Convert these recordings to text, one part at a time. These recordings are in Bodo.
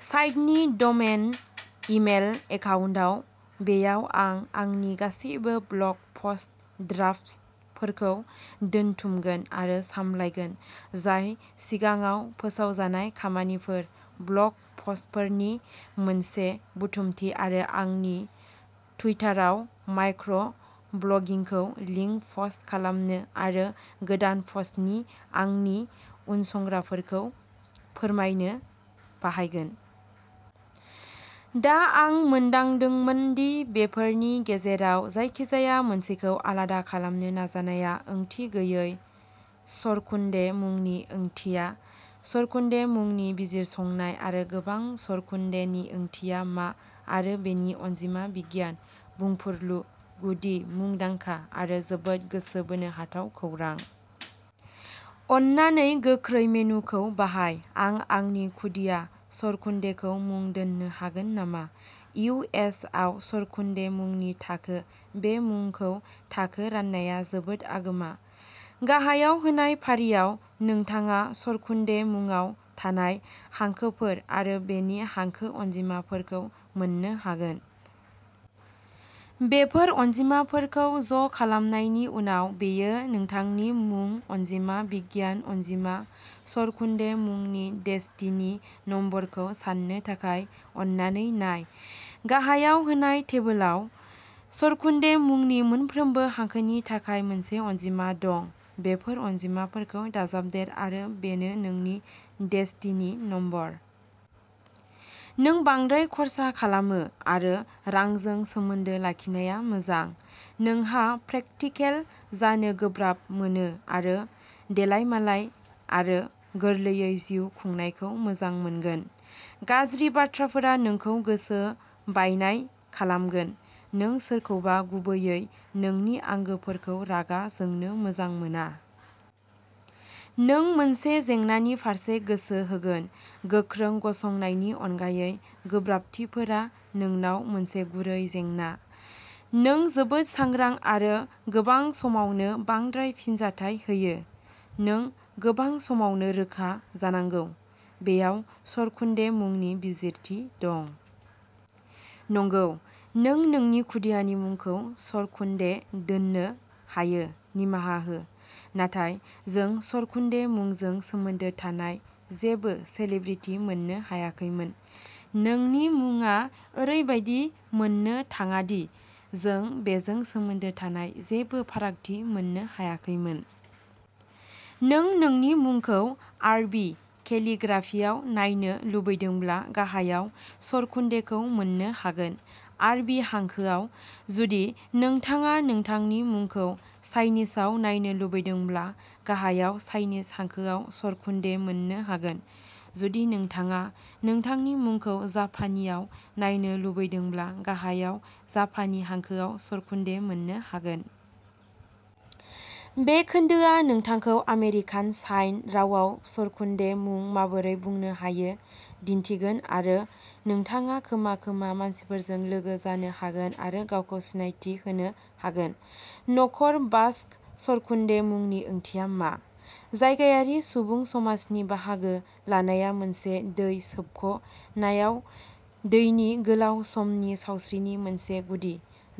साइटनि डमेन इमेल एकाउन्टाव बेयाव आं आंनि गासिबो ब्लग पस्ट ड्राफ्टफोरखौ दोनथुमगोन आरो सामलायगोन, जाय सिगाङाव फोसावजानाय खामानिफोर, ब्लग पस्टफोरनि मोनसे बुथुमथि आरो आंनि टुइटाराव माइक्र' ब्लगिंखौ लिंक पस्ट खालामनो आरो गोदान पस्टनि आंनि उनसंग्राफोरखौ फोरमायनो बाहायगोन। दा आं मोनदांदोंमोन दि बेफोरनि गेजेराव जायखिजाया मोनसेखौ आलादा खालामनो नाजानाया ओंथि गैयै सरकुन्डे मुंनि ओंथिया, सरकुन्डे मुंनि बिजिरसंनाय आरो गोबां सरकुन्डेनि ओंथिया मा आरो बेनि अनजिमा बिगियान, बुंफुरलु, गुदि, मुंदांखा आरो जोबोद गोसो बोनो हाथाव खौरां। अन्नानै गोख्रै मेनुखौ बाहाय। आं आंनि खुदिया सरकुन्डेखौ मुं दोन्नो हागोन नामा इउ एस आव सरकुन्डे मुंनि थाखो बे मुंखौ थाखो राननाया जोबोद आगोमा। गाहायाव होनाय फारियाव, नोंथाङा सरकुन्डे मुंआव थानाय हांखोफोर आरो बेनि हांखो अनजिमाफोरखौ मोन्नो हागोन। बेफोर अनजिमाफोरखौ ज'खालामनायनि उनाव, बेयो नोंथांनि मुं अनजिमा बिगियान अनजिमा। सरकुन्डे मुंनि डेस्टिनि नम्बरखौ साननो थाखाय, अन्नानै नाय। गाहायाव होनाय टेबोलाव। सरकुन्डे मुंनि मोनफ्रोमबो हांखोनि थाखाय मोनसे अनजिमा दं। बेफोर अनजिमाफोरखौ दाजाबदेर आरो बेनो नोंनि डेस्टिनि नम्बर। नों बांद्राय खर्सा खालामो आरो रांजों सोमोन्दो लाखिनाया मोजां। नोंहा प्रेकटिकेल जानो गोब्राब मोनो आरो देलायमालाय आरो गोरलैयै जिउ खुंनायखौ मोजां मोनगोन। गाज्रि बाथ्राफोरा नोंखौ गोसो बायनाय खालामगोन। नों सोरखौबा गुबैयै नोंनि आंगोफोरखौ रागा जोंनो मोजां मोना। नों मोनसे जेंनानि फारसे गोसो होगोन, गोख्रों गसंनायनि अनगायै। गोब्राबथिफोरा नोंनाव मोनसे गुरै जेंना। नों जोबोद सांग्रां आरो गोबां समावनो बांद्राय फिनजाथाय होयो। नों गोबां समावनो रोखा जानांगौ। बेयाव सरकुन्डे मुंनि बिजिरथि दं। नंगौ नों नोंनि खुदियानि मुंखौ सरकुन्डे दोन्नो हायो निमाहा हो, नाथाय जों सरकुन्डे मुंजों सोमोन्दो थानाय जेबो सेलेब्रिटि मोननो हायाखैमोन। नोंनि मुङा ओरैबादि मोननो थाङा दि जों बेजों सोमोन्दो थानाय जेबो फारागथि मोननो हायाखैमोन। नों नोंनि मुंखौ आरबी केलिग्राफियाव नायनो लुबैदोंब्ला गाहायाव सरकुन्डेखौ मोन्नो हागोन। आरबि हांखोआव। जुदि नोंथाङा नोंथांनि मुंखौ चाइनिसआव नायनो लुबैदोंब्ला गाहायाव चाइनिस हांखोआव सरकुन्डे मोन्नो हागोन। जुदि नोंथाङा नोंथांनि मुंखौ जापानीआव नायनो लुबैदोंब्ला गाहायाव जापानी हांखोआव सरकुन्डे मोन्नो हागोन। बे खोन्दोआ नोंथांखौ आमेरिकान साइन रावआव सरकुन्डे मुं माबोरै बुंनो हायो दिन्थिगोन आरो नोंथाङा खोमा खोमा मानसिफोरजों लोगो जानो हागोन आरो गावखौ सिनायथि होनो हागोन। न'खर बास्क सरकुन्डे मुंनि ओंथिया मा? जायगायारि सुबुं समाजनि बाहागो लानाया मोनसे दै सोबख' नायाव दैनि गोलाव समनि सावस्रिनि मोनसे गुदि,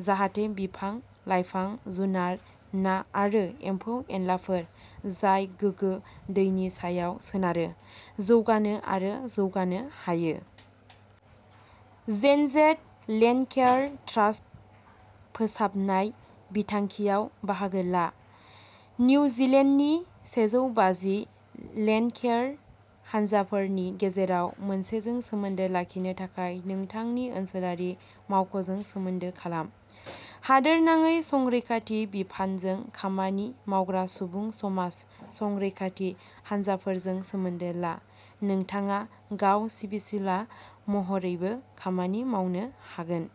जाहाथे बिफां-लाइफां, जुनार, ना आरो एम्फौ-एनलाफोर जाय गोगो दैनि सायाव सोनारो, जौगानो आरो जौगानो हायो। एनजेड लेन्डकेयार ट्रास्ट फोसाबनाय बिथांखियाव बाहागो ला। निउजिलेन्डनि सेजौबाजि लेन्डकेयार हानजाफोरनि गेजेराव मोनसेजों सोमोन्दो लाखिनो थाखाय नोंथांनि ओनसोलारि मावख'जों सोमोन्दो खालाम। हादोरनाङै संरैखाथि बिफानजों खामानि मावग्रा सुबुं समाज संरैखाथि हानजाफोरजों सोमोन्दो ला। नोंथाङा गाव सिबिसुला महरैबो खामानि मावनो हागोन।